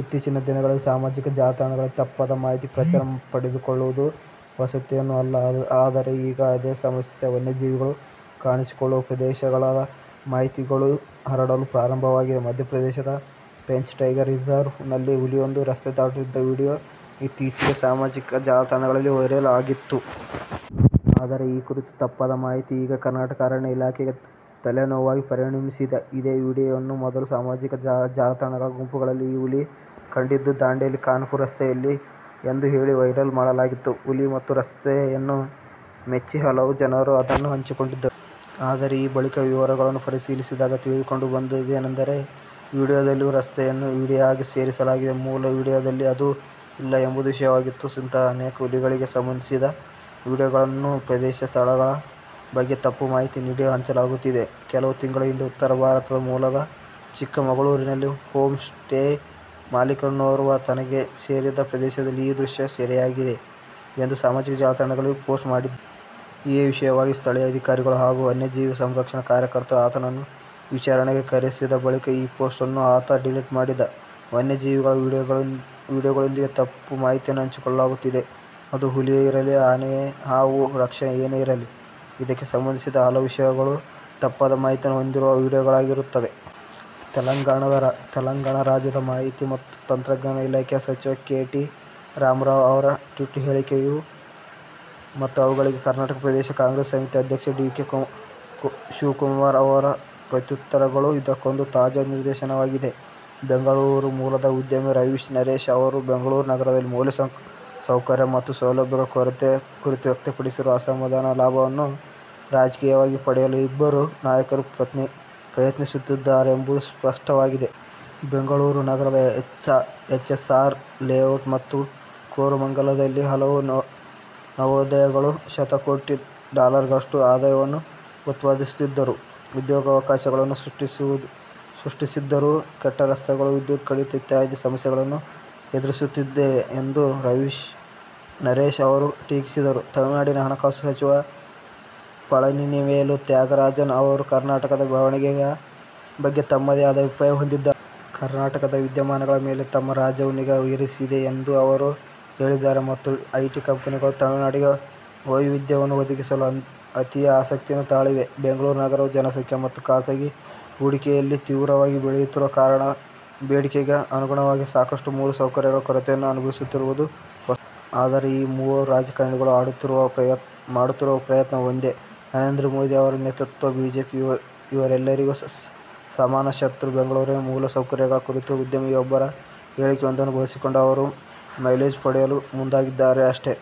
ಇತ್ತೀಚಿನ ದಿನಗಳಲ್ಲಿ ಸಾಮಾಜಿಕ ಜಾಲತಾಣಗಳಲ್ಲಿ ತಪ್ಪಾದ ಮಾಹಿತಿ ಪ್ರಚಾರ ಪಡೆದುಕೊಳ್ಳುವುದು ಹೊಸತೇನು ಅಲ್ಲ. ಆದರೆ ಈಗ ಅದೇ ಸಮಸ್ಯೆ ವನ್ಯಜೀವಿಗಳು ಕಾಣಿಸಿಕೊಳ್ಳುವ ಪ್ರದೇಶಗಳದ ಮಾಹಿತಿಗೂ ಹರಡಲು ಪ್ರಾರಂಭವಾಗಿದೆ. ಮಧ್ಯಪ್ರದೇಶದ ಪೆಂಚ್ ಟೈಗರ್ ರಿಸರ್ವ್ ನಲ್ಲಿ ಹುಲಿಯೊಂದು ರಸ್ತೆ ದಾಟುತ್ತಿದ್ದ ವಿಡಿಯೋ ಇತ್ತೀಚೆಗೆ ಸಾಮಾಜಿಕ ಜಾಲತಾಣಗಳಲ್ಲಿ ವೈರಲ್ ಆಗಿತ್ತು. ಆದರೆ ಈ ಕುರಿತ ತಪ್ಪಾದ ಮಾಹಿತಿ ಈಗ ಕರ್ನಾಟಕ ಅರಣ್ಯ ಇಲಾಖೆಗೆ ತಲೆನೋವಾಗಿ ಪರಿಣಮಿಸಿದೆ. ಇದೇ ವಿಡಿಯೋವನ್ನು ಮೊದಲು ಸಾಮಜಿಕ ಜಾಲತಾಣಗಳ ಗುಂಪುಗಳಲ್ಲಿ ಈ ಹುಲಿ ಕಂಡಿದ್ದು ದಾಂಡೆಲಿ-ಖಾನಾಪುರ ರಸ್ತೆಯಲ್ಲಿ ಎಂದು ಹೇಳಿ ವೈರಲ್ ಮಾಡಲಾಗಿತ್ತು. ಹುಲಿ ಮತ್ತು ರಸ್ತೆಯನ್ನು ಮೆಚ್ಚಿ ಹಲವು ಜನರು ಅದನ್ನು ಹಂಚಿಕೊಂಡಿದ್ದರು. ಆದರೆ ಆ ಬಳಿಕ ವಿವರಗಳನ್ನು ಪರಿಶೀಲಿಸಿದಾಗ ತಿಳಿದುಬಂದಿದ್ದೇನೆಂದರೆ ವಿಡಿಯೋದಲ್ಲಿರುವ ರಸ್ತೆಯನ್ನು ವಿಡಿಯೋಗೆ ಸೇರಿಸಲಾಗಿದೆ. ಮೂಲ ವಿಡಿಯೋದಲ್ಲಿ ಅದು ಇಲ್ಲ ಎಂಬುದು ವಿಷಯವಾಗಿತ್ತು. ಇಂಥಹ ಅನೇಕ ಹುಲಿಗಳಿಗೆ ಸಂಬಂಧಿಸಿದ ವಿಡಿಯೋಗಳನ್ನು ಪ್ರದೇಶ, ಸ್ಥಗಳ ಬಗ್ಗೆ ತಪ್ಪು ಮಾಹಿತಿ ನೀಡಿ ಹಂಚಲಾಗುತ್ತಿದೆ. ಕೆಲವು ತಿಂಗಳ ಹಿಂದೆ ಉತ್ತರ ಭಾರತದ ಮೂಲದ ಚಿಕ್ಕಮಗಳೂರಿನಲ್ಲಿ ಹೋಮ್ ಸ್ಟೇಯ ಮಾಲಿಕನೋರ್ವ ತನಗೆ ಸೇರಿದ ಪ್ರದೇಶದಲ್ಲಿ ಈ ದೃಶ್ಯಗಳು ಸೆರೆಯಾಗಿವೆ ಎಂದು ಸಾಮಾಜಿಕ ಜಾಲತಾಣಗಳಲ್ಲಿ ಪೋಸ್ಟ್ ಮಾಡಿದ್ದ. ಈ ವಿಷಯವಾಗಿ ಸ್ಥಳೀಯ ಅಧಿಕಾರಿಗಳು ಹಾಗೂ ವನ್ಯಜೀವಿ ಸಂರಕ್ಷಣಾ ಕಾರ್ಯಕರ್ತರು ಆತನನ್ನು ವಿಚಾರಣೆಗೆ ಕರೆಸಿದ ಬಳಿಕ ಆ ಪೋಸ್ಟ್ ನ್ನು ಆತ ಡಿಲೀಟ್ ಮಾಡಿದ್ದ. ವನ್ಯಜೀವಿಗಳ ವಿಡಿಯೋಗಳೊಂದಿಗೆ ತಪ್ಪು ಮಾಹಿತಿಯನ್ನು ಹಂಚಿಕೊಳ್ಳಲಾಗುತ್ತಿದೆ. ಅದು ಹುಲಿಯೇ ಇರಲಿ, ಆನೆ, ಹಾವು ರಕ್ಷಣೆ ಏನೇ ಇರಲಿ. ಇದಕ್ಕೆ ಸಂಬಂಧಿಸಿದ ಹಲವು ವಿಷಯಗಳು ತಪ್ಪಾದ ಮಾಹಿತಿಯನ್ನು ಹೊಂದಿರುವ ವಿಡಿಯೋಗಳಾಗಿರುತ್ತವೆ. ತೆಲಂಗಾಣ ರಾಜ್ಯದ ಮಾಹಿತಿ ಮತ್ತು ತಂತ್ರಜ್ಞಾನ ಇಲಾಖೆಯ ಸಚಿವ ಕೆ. ಟಿ. ರಾಮರಾವ್ ಅವರ ಟ್ವೀಟ್ ಹೇಳಿಕೆಗಳು ಮತ್ತು ಅವುಗಳಿಗೆ ಕರ್ನಾಟಕ ಪ್ರದೇಶ ಕಾಂಗ್ರೆಸ್ ಸಮಿತಿ ಅಧ್ಯಕ್ಷ ಡಿ. ಕೆ. ಶಿವಕುಮಾರ್ ಅವರ ಪ್ರತ್ಯುತ್ತರಗಳು ಇದಕ್ಕೊಂದು ತಾಜಾ ನಿದರ್ಶನವಾಗಿದೆ. ಬೆಂಗಳೂರು ಮೂಲದ ಉದ್ಯಮಿ ರವೀಶ್ ನರೇಶ್ ಅವರು ಬೆಂಗಳೂರು ನಗರದಲ್ಲಿ ಮೂಲಸೌಕರ್ಯ ಮತ್ತು ಸೌಲಭ್ಯಗಳ ಕೊರತೆಯ ಕುರಿತು ವ್ಯಕ್ತಪಡಿಸಿರುವ ಅಸಮಾಧಾನದ ಲಾಭವನ್ನು ರಾಜಕೀಯವಾಗಿ ಪಡೆಯಲು ಇಬ್ಬರೂ ನಾಯಕರು ಪ್ರಯತ್ನಿಸುತ್ತಿದ್ದಾರೆ ಎಂಬುದು ಸ್ಪಷ್ಟವಾಗಿದೆ. ಬೆಂಗಳೂರು ನಗರದ ಎಚ್ಎಸ್ಆರ್ ಲೇಔಟ್ ಮತ್ತು ಕೋರಮಂಗಲದಲ್ಲಿ ಹಲವು ನವೋದ್ಯಮ ಗಳು ಶತಕೋಟಿ ಡಾಲರ್ಗಳಷ್ಟು ಆದಾಯವನ್ನು ಉತ್ಪಾದಿಸುತ್ತಿದ್ದರೂ, ಉದ್ಯೋಗಾವಕಾಶಗಳನ್ನು ಸೃಷ್ಟಿಸಿದ್ದರೂ ಕೆಟ್ಟ ರಸ್ತೆಗಳು, ವಿದ್ಯುತ್ ಕಡಿತ ಇತ್ಯಾದಿ ಸಮಸ್ಯೆಗಳನ್ನು ಎದುರಿಸುತ್ತಿವೆ ಎಂದು ರವೀಶ್ ನರೇಶ್ ಅವರು ಟೀಕಿಸಿದ್ದರು. ತಮಿಳುನಾಡಿನ ಹಣಕಾಸು ಸಚಿವ ಪಳನಿವೇಲು ತ್ಯಾಗರಾಜನ್ ಅವರೂ ಕರ್ನಾಟಕದ ಬೆಳವಣಿಗೆಗಳ ಬಗ್ಗೆ ತಮ್ಮದೇ ಆದ ಅಭಿಪ್ರಾಯ ಹೊಂದಿದ್ದಾರೆ. ಕರ್ನಾಟಕದ ವಿದ್ಯಮಾನಗಳ ಮೇಲೆ ತಮ್ಮ ರಾಜ್ಯವು ನಿಗಾ ಇರಿಸಿದೆ ಎಂದು ಅವರು ಹೇಳಿದ್ದಾರೆ. ಮತ್ತು, ಐಟಿ ಕಂಪನಿಗಳು ತಮಿಳುನಾಡಿಗೆ ವೈವಿಧ್ಯವನ್ನು ಒದಗಿಸಲು ಅತೀವ ಆಸಕ್ತಿಯನ್ನು ತಾಳಿವೆ. ಬೆಂಗಳೂರು ನಗರವು ಜನಸಂಖ್ಯೆ ಮತ್ತು ಖಾಸಗಿ ಹೂಡಿಕೆಯಲ್ಲಿ ತೀವ್ರವಾಗಿ ಬೆಳೆಯುತ್ತಿರುವ ಕಾರಣ, ಬೇಡಿಕೆಗೆ ಅನುಗುಣವಾಗಿ ಸಾಕಷ್ಟು ಮೂಲಸೌಕರ್ಯಗಳ ಕೊರತೆಯನ್ನು ಅನುಭವಿಸುತ್ತಿರುವುದು ಹೊಸದೇನಲ್ಲ. ಆದರೆ ಈ ಮೂವರು ರಾಜಕಾರಣಿಗಳು ಮಾಡುತ್ತಿರುವ ಪ್ರಯತ್ನ ಒಂದೇ: ನರೇಂದ್ರ ಮೋದಿ ಅವರ ನೇತೃತ್ವದ ಬಿಜೆಪಿ ಇವರೆಲ್ಲರಿಗೂ ಸಮಾನ ಶತ್ರು. ಬೆಂಗಳೂರಿನ ಮೂಲಸೌಕರ್ಯಗಳ ಕುರಿತು ಉದ್ಯಮಿಯೊಬ್ಬರ ಹೇಳಿಕೆಯೊಂದನ್ನು ಬಳಸಿಕೊಂಡು ಅವರು ಮೈಲೇಜ್ ಪಡೆಯಲು ಮುಂದಾಗಿದ್ದಾರೆ, ಅಷ್ಟೇ.